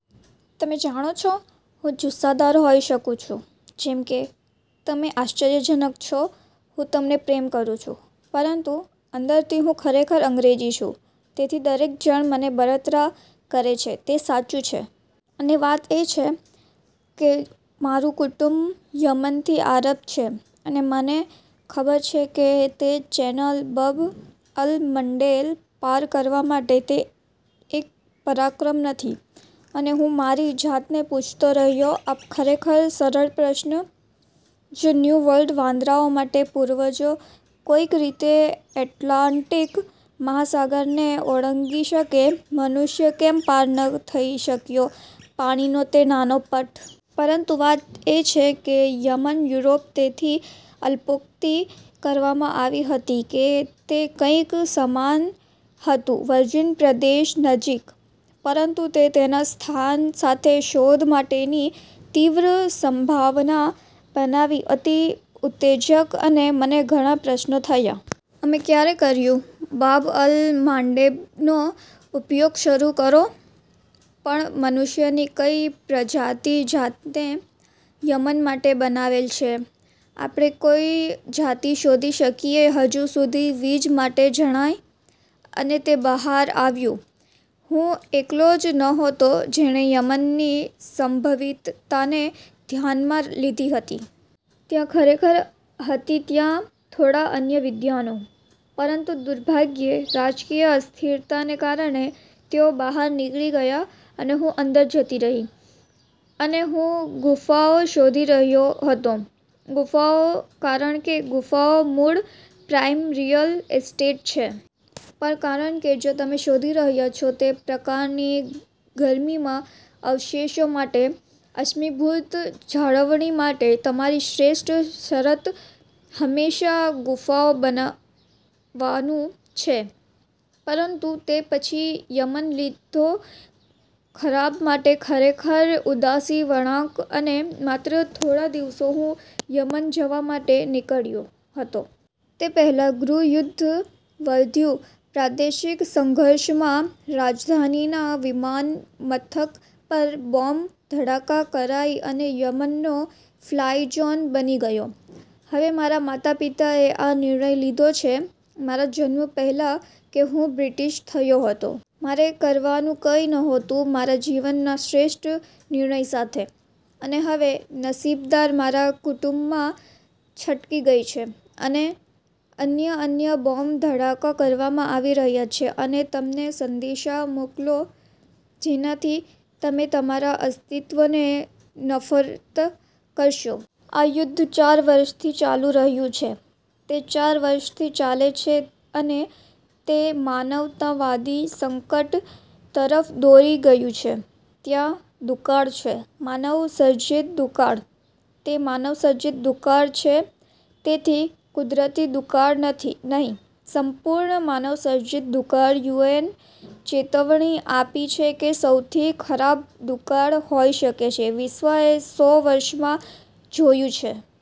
તમે જાણો છો હું જુસ્સાદાર હોઈ શકું છું. જેમ કે, "તમે આશ્ચર્યજનક છો. હું તમને પ્રેમ કરું છું." પરંતુ અંદરથી હું ખરેખર અંગ્રેજી છું. તેથી દરેક જણ મને બળતરા કરે છે તે સાચું છે. અને વાત એ છે કે મારું કુટુંબ યમનથી આરબ છે અને મને ખબર છે કે તે ચેનલ બબ-અલ-મંડેબ પાર કરવા માટે તે એક પરાક્રમ નથી. અને હું મારી જાતને પૂછતો રહ્યો આ ખરેખર સરળ પ્રશ્ન, "જો ન્યૂ વર્લ્ડ વાંદરાઓ માટે પૂર્વજો કોઈક રીતે એટલાન્ટિક મહાસાગરને ઓળંગી શકે, મનુષ્ય કેમ પાર ન થઈ શક્યો પાણીનો તે નાનો પટ?" પરંતુ વાત એ છે કે યમન, યુરોપ તેથી અલ્પોક્તિ કરવામાં આવી હતી કે તે કંઈક સમાન હતું વર્જિન પ્રદેશ નજીક. પરંતુ તે તેના સ્થાન સાથે શોધ માટેની તીવ્ર સંભાવના બનાવી અતિ ઉતેજક અને મને ઘણા પ્રશ્નો થયા. અમે ક્યારે કર્યું? બાબ-અલ-માંડેબનો ઉપયોગ શરૂ કરો? પણ, મનુષ્યની કઈ પ્રજાતિ જાતને યમન માટે બનાવેલ છે? આપણે કોઈ જાતિ શોધી શકીએ હજુ સુધી વિજ્ માટે અજાણ? અને તે બહાર આવ્યું. હું એકલો જ નહોતો જેણે યમનની સંભવિતતાને ધ્યાનમાં લીધી હતી. ત્યાં ખરેખર હતી ત્યાં થોડા અન્ય વિદ્વાનો. પરંતુ દુર્ભાગ્યે, રાજકીય અસ્થિરતાને કારણે તેઓ બહાર નીકળી ગયા અને હું અંદર જતી રહી. અને હું ગુફાઓ શોધી રહ્યો હતો. ગુફાઓ કારણ કે ગુફાઓ મૂળ પ્રાઇમ રીઅલ એસ્ટેટ છે. પણ કારણ કે જો તમે શોધી રહ્યા છો તે પ્રકારની ગરમીમાં અવશેષો માટે, અશ્મિભૂત જાળવણી માટે તમારી શ્રેષ્ઠ શરત હંમેશા ગુફાઓ બનવાનું છે. પરંતુ તે પછી યમન લીધો ખરાબ માટે ખરેખર ઉદાસી વળાંક અને માત્ર થોડા દિવસો હું યમન જવા માટે નીકળ્યો હતો. તે પહેલાં ગૃહ યુદ્ધ વધ્યું પ્રાદેશિક સંઘર્ષમાં, રાજધાનીના વિમાનમથક પર બોમ્બ ધડાકા કરાઈ અને યમન નો ફ્લાય ઝોન બની ગયો. હવે, મારા માતાપિતાએ આ નિર્ણય લીધો છે મારા જન્મ પહેલાં કે હું બ્રિટીશ થયો હતો. મારે કરવાનું કંઈ નહોતું મારા જીવનના શ્રેષ્ઠ નિર્ણય સાથે. અને હવે, નસીબદાર મારા કુટુંબમાં છટકી ગઈ છે અને અન્ય અન્ય બોમ્બ ધડાકા કરવામાં આવી રહ્યા છે અને તમને સંદેશા મોકલો જેનાથી તમે તમારા અસ્તિત્વને નફરત કરશો. આ યુદ્ધ ચાર વર્ષથી ચાલી રહ્યું છે. તે ચાર વર્ષથી ચાલે છે અને તે માનવતાવાદી સંકટ તરફ દોરી ગયું છે. ત્યાં દુકાળ છે, માનવસર્જિત દુકાળ. તે માનવસર્જિત દુષ્કાળ છે. તેથી કુદરતી દુકાળ નહીં, સંપૂર્ણ માનવસર્જિત દુકાળ યુએન ચેતવણી આપી છે કે સૌથી ખરાબ દુકાળ હોઈ શકે છે વિશ્વએ સો વર્ષમાં જોયું છે.